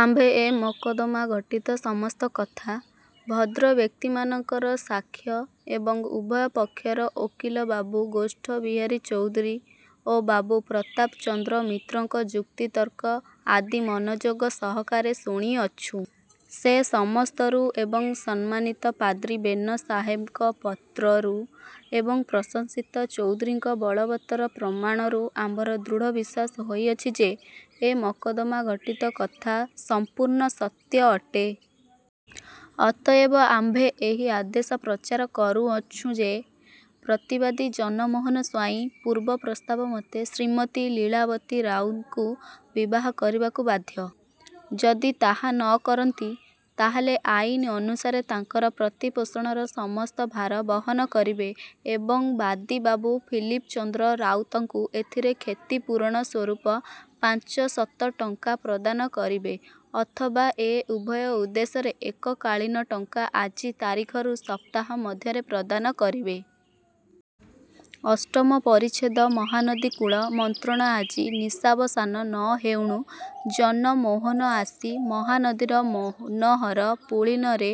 ''ଆମ୍ଭେ ଏ ମକଦ୍ଦମାଘଟିତ ସମସ୍ତ କଥା, ଭଦ୍ରବ୍ୟକ୍ତିମାନଙ୍କର ସାକ୍ଷ ଏବଂ ଉଭୟ ପକ୍ଷର ଓକିଲ ବାବୁ ଗୋଷ୍ଠବିହାରୀ ଚୌଧୁରୀ ଓ ବାବୁ ପ୍ରତାପଚନ୍ଦ୍ର ମିତ୍ରଙ୍କ ଯୁକ୍ତି ତର୍କ ଆଦି ମନୋଯୋଗ ସହକାରେ ଶୁଣିଅଛୁଁ। ସେ ସମସ୍ତରୁ ଏବଂ ସମ୍ମାନିତ ପାଦ୍ରି ବେନ ସାହେବଙ୍କ ପତ୍ରରୁ ଏବଂ ପ୍ରଶଂସିତ ଚୌଧୁରୀଙ୍କ ବଳବତ୍ତର ପ୍ରମାଣରୁ ଆମ୍ଭର ଦୃଢ଼ ବିଶ୍ୱାସ ହୋଇଅଛି ଯେ, ଏ ମକଦ୍ଦମାଘଟିତ କଥା ସମ୍ପୂର୍ଣ୍ଣ ସତ୍ୟ ଅଟେ। ଅତଏବ ଆମ୍ଭେ ଏହି ଆଦେଶ ପ୍ରଚାର କରୁଅଛୁଁ ଯେ, ପ୍ରତିବାଦୀ ଜନମୋହନ ସ୍ୱାଇଁ ପୂର୍ବ ପ୍ରସ୍ତାବମତେ ଶ୍ରୀମତୀ ଲୀଳାବତୀ ରାଉତଙ୍କୁ ବିବାହ କରିବାକୁ ବାଧ୍ୟ। ଯଦି ତାହା ନ କରନ୍ତି, ତାହାହେଲେ ଆଇନ ଅନୁସାରେ ତାଙ୍କର ପ୍ରତିପୋଷଣର ସମସ୍ତ ଭାର ବହନ କରିବେ ଏବଂ ବାଦୀ ବାବୁ ଫିଲିପଚନ୍ଦ୍ର ରାଉତଙ୍କୁ ଏଥିର କ୍ଷତିପୂରଣସ୍ୱରୂପ ପାଞ୍ଚ ଶତ ଟଙ୍କା ପ୍ରଦାନ କରିବେ ଅଥବା ଏ ଉଭୟ ଉଦ୍ଦେଶ୍ୟରେ ଏକକାଳୀନ ଟଙ୍କା ଆଜି ତାରିଖରୁ ସପ୍ତାହ ମଧ୍ୟରେ ପ୍ରଦାନ କରିବେ। '' ଅଷ୍ଟମ ପରିଚ୍ଛେଦ ମହାନଦୀ କୂଳ ମନ୍ତ୍ରଣା ଆଜି ନିଶାବସାନ ନ ହେଉଣୁ ଜନମୋହନ ଆସି ମହାନଦୀର ମନୋହର ପୁଳିନରେ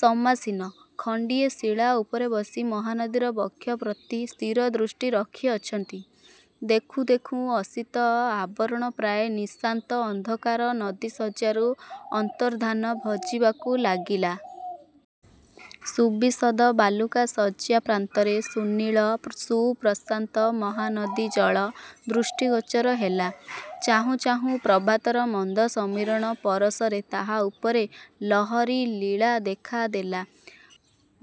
ସମାସୀନ। ଖଣ୍ଡିଏ ଶିଳା ଉପରେ ବସି ମହାନଦୀର ବକ୍ଷ ପ୍ରତି ସ୍ଥିରଦୃଷ୍ଟି ରଖିଅଛନ୍ତି। ଦେଖୁଁ ଦେଖୁଁ ଅସିତ ଆବରଣ ପ୍ରାୟ ନିଶାନ୍ତ ଅନ୍ଧକାର ନଦୀଶଯ୍ୟାରୁ ଅନ୍ତର୍ଦ୍ଧାନ ଭଜିବାକୁ ଲାଗିଲା। ସୁବିଶଦ ବାଲୁକାଶଯ୍ୟାପ୍ରାନ୍ତରେ ସୁନୀଳ ସୁପ୍ରଶାନ୍ତ ମହାନଦୀଜଳ ଦୃଷ୍ଟିଗୋଚର ହେଲା। ଚାହୁଁ ଚାହୁଁ ପ୍ରଭାତର ମନ୍ଦ ସମୀରଣ ପରଶରେ ତାହା ଉପରେ ଲହରୀଲୀଳା ଦେଖା ଦେଲା।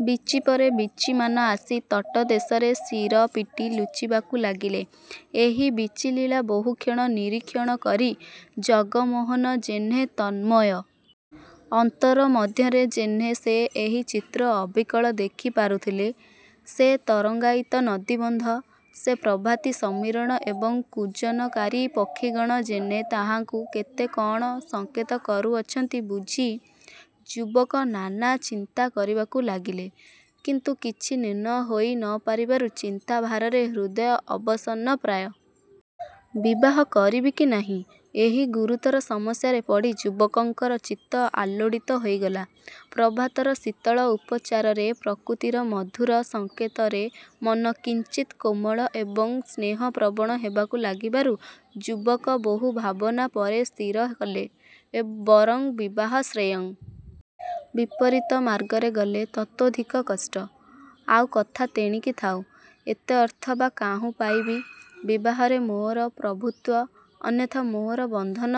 ବୀଚି ପରେ ବୀଚିମାନ ଆସି ତଟଦେଶରେ ଶିର ପିଟି ଲୁଚିବାକୁ ଲାଗିଲେ। ଏହି ବୀଚିଲୀଳା ବହୁକ୍ଷଣ ନିରୀକ୍ଷଣ କରି ଜଗମୋହନ ଯେହ୍ନେ ତନ୍ମୟ। ଅନ୍ତର ମଧ୍ୟରେ ଯେହ୍ନେ ସେ ଏହି ଚିତ୍ର ଅବିକଳ ଦେଖି ପାରୁଥିଲେ। ସେ ତରଙ୍ଗାୟିତ ନଦୀବନ୍ଧ, ସେ ପ୍ରଭାତୀ ସମୀରଣ ଏବଂ କୂଜନକାରୀ ପକ୍ଷିଗଣ ଯେହ୍ନେ ତାହାଙ୍କୁ କେତେ କଣ ସଙ୍କେତ କରୁଅଛନ୍ତି ବୁଝି, ଯୁବକ ନାନା ଚିନ୍ତା କରିବାକୁ ଲାଗିଲେ। କିନ୍ତୁ କିଛି ନିର୍ଣ୍ଣୟ ହୋଇ ନ ପାରିବାରୁ ଚିନ୍ତାଭାରରେ ହୃଦୟ ଅବସନ୍ନପ୍ରାୟ। 'ବିବାହ କରିବି କି ନାହିଁ' ଏହି ଗୁରୁତର ସମସ୍ୟାରେ ପଡ଼ି ଯୁବକଙ୍କର ଚିତ୍ତ ଆଲୋଡ଼ିତ ହୋଇଗଲା। ପ୍ରଭାତର ଶୀତଳ ଉପଚାରରେ ପ୍ରକୃତିର ମଧୁର ସଙ୍କେତରେ ମନ କିଞ୍ଚିତ୍ କୋମଳ ଏବଂ ସ୍ନେହପ୍ରବଣ ହେବାକୁ ଲାଗିବାରୁ ଯୁବକ ବହୁ ଭାବନା ପରେ ସ୍ଥିର କଲେ, ବରଂ ବିବାହ ଶ୍ରେୟଃ। ବିପରୀତମାର୍ଗରେ ଗଲେ ତତୋଽଧିକ କଷ୍ଟ। ଆଉ କଥା ତେଣିକି ଥାଉ, ଏତେ ଅର୍ଥ ବା କାହୁଁ ପାଇବି? ବିବାହରେ ମୋହର ପ୍ରଭୁତ୍ୱ, ଅନ୍ୟଥା ମୋହର ବନ୍ଧନ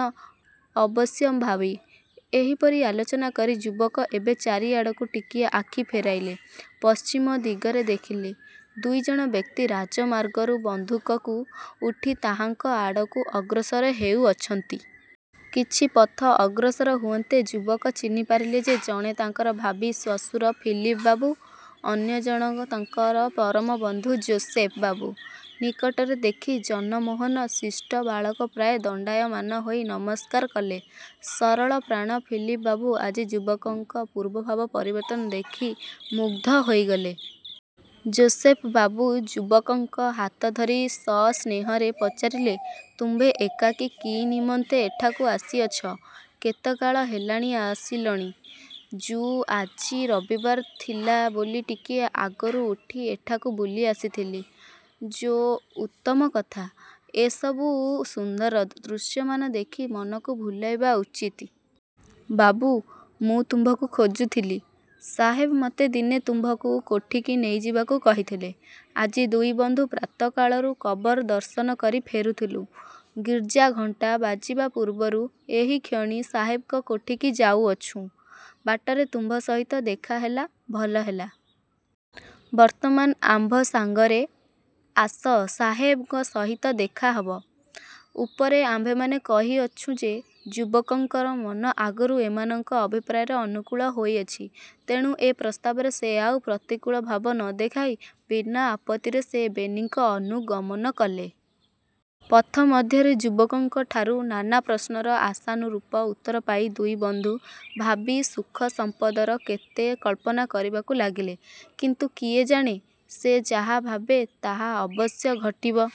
ଅବଶ୍ୟମ୍ଭାବୀ। ଏହିପରି ଆଲୋଚନା କରି ଯୁବକ ଏବେ ଚାରିଆଡ଼କୁ ଟିକିଏ ଆଖି ଫେରାଇଲେ। ପଶ୍ଚିମଦିଗରେ ଦେଖିଲେ, ଦୁଇ ଜଣ ବ୍ୟକ୍ତି ରାଜମାର୍ଗରୁ ବନ୍ଧକୁ ଉଠି ତାହାଙ୍କ ଆଡ଼କୁ ଅଗ୍ରସର ହେଉଅଛନ୍ତି। କିଛି ପଥ ଅଗ୍ରସର ହୁଅନ୍ତେ ଯୁବକ ଚିହ୍ନି ପାରିଲେ ଯେ ଜଣେ ତାଙ୍କର ଭାବୀ ଶ୍ୱଶୁର ଫିଲିପ ବାବୁ, ଅନ୍ୟ ଜଣକ ତାଙ୍କର ପରମବନ୍ଧୁ ଯୋଶେଫ ବାବୁ। ନିକଟରେ ଦେଖି ଜନମୋହନ ଶିଷ୍ଟ ବାଳକ ପ୍ରାୟ ଦଣ୍ଡାୟମାନ ହୋଇ ନମସ୍କାର କଲେ। ସରଳପ୍ରାଣ ଫିଲିପ ବାବୁ ଆଜି ଯୁବକଙ୍କ ପୂର୍ବ ଭାବର ପରିବର୍ତ୍ତନ ଦେଖି ମୁଗ୍ଧ ହୋଇଗଲେ। ଯୋଶେଫ ବାବୁ ଯୁବକଙ୍କ ହାତ ଧରି ସସ୍ନେହରେ ପଚାରିଲେ, ''ତୁମ୍ଭେ ଏକାକୀ କି ନିମନ୍ତେ ଏଠାକୁ ଆସିଅଛ? କେତେକାଳ ହେଲା ଆସିଲଣି? '' ଯୁ- ଆଜି ରବିବାର ଥିଲା ବୋଲି ଟିକିଏ ଆଗରୁ ଉଠି ଏଠାକୁ ବୁଲିଆସିଥିଲି। ଯୋ- ଉତ୍ତମ କଥା, ଏ ସବୁ ସୁନ୍ଦର ଦୃଶ୍ୟମାନ ଦେଖି ମନକୁ ଭୁଲାଇବା ଉଚିତ। ବାବୁ, ମୁଁ ତୁମ୍ଭଙ୍କୁ ଖୋଜୁଥିଲି। ସାହେବ ମୋତେ ଦିନେ ତୁମ୍ଭଙ୍କୁ କୋଠିକି ନେଇଯିବାକୁ କହିଥିଲେ। ଆଜି ଦୁଇ ବନ୍ଧୁ ପ୍ରାତଃକାଳରୁ କବର ଦର୍ଶନ କରି ଫେରୁଥିଲୁଁ। ଗିର୍ଜାଘଣ୍ଟା ବାଜିବା ପୂର୍ବରୁ ଏହିକ୍ଷଣି ସାହେବଙ୍କ କୋଠିକି ଯାଉଅଛୁଁ। ବାଟରେ ତୁମ୍ଭ ସହିତ ଦେଖା ହେଲା, ଭଲ ହେଲା। ବର୍ତ୍ତମାନ ଆମ୍ଭ ସଙ୍ଗରେ। ଆସ, ସାହେବଙ୍କ ସହିତ ଦେଖା ହେବ। ଉପରେ ଆମ୍ଭେମାନେ କହିଅଛୁଁ ଯେ ଯୁବକଙ୍କର ମନ ଆଗରୁ ଏମାନଙ୍କ ଅଭିପ୍ରାୟର ଅନୁକୂଳ ହୋଇଅଛି। ତେଣୁ ଏ ପ୍ରସ୍ତାବରେ ସେ ଆଉ ପ୍ରତିକୂଳ ଭାବ ନ ଦେଖାଇ ବିନା ଆପତ୍ତିରେ ସେ ବେନିଙ୍କ ଅନୁଗମନ କଲେ। ପଥ ମଧ୍ୟରେ ଯୁବକଙ୍କଠାରୁ ନାନା ପ୍ରଶ୍ନର ଆଶାନୁରୂପ ଉତ୍ତର ପାଇ ଦୁଇ ବନ୍ଧୁ ଭାବୀ ସୁଖ ସମ୍ପଦର କେତେ କଳ୍ପନା କରିବାକୁ ଲାଗିଲେ। କିନ୍ତୁ କିଏ ଜାଣେ, ସେ ଯାହା ଭାବେ, ତାହା ଅବଶ୍ୟ ଘଟିବ?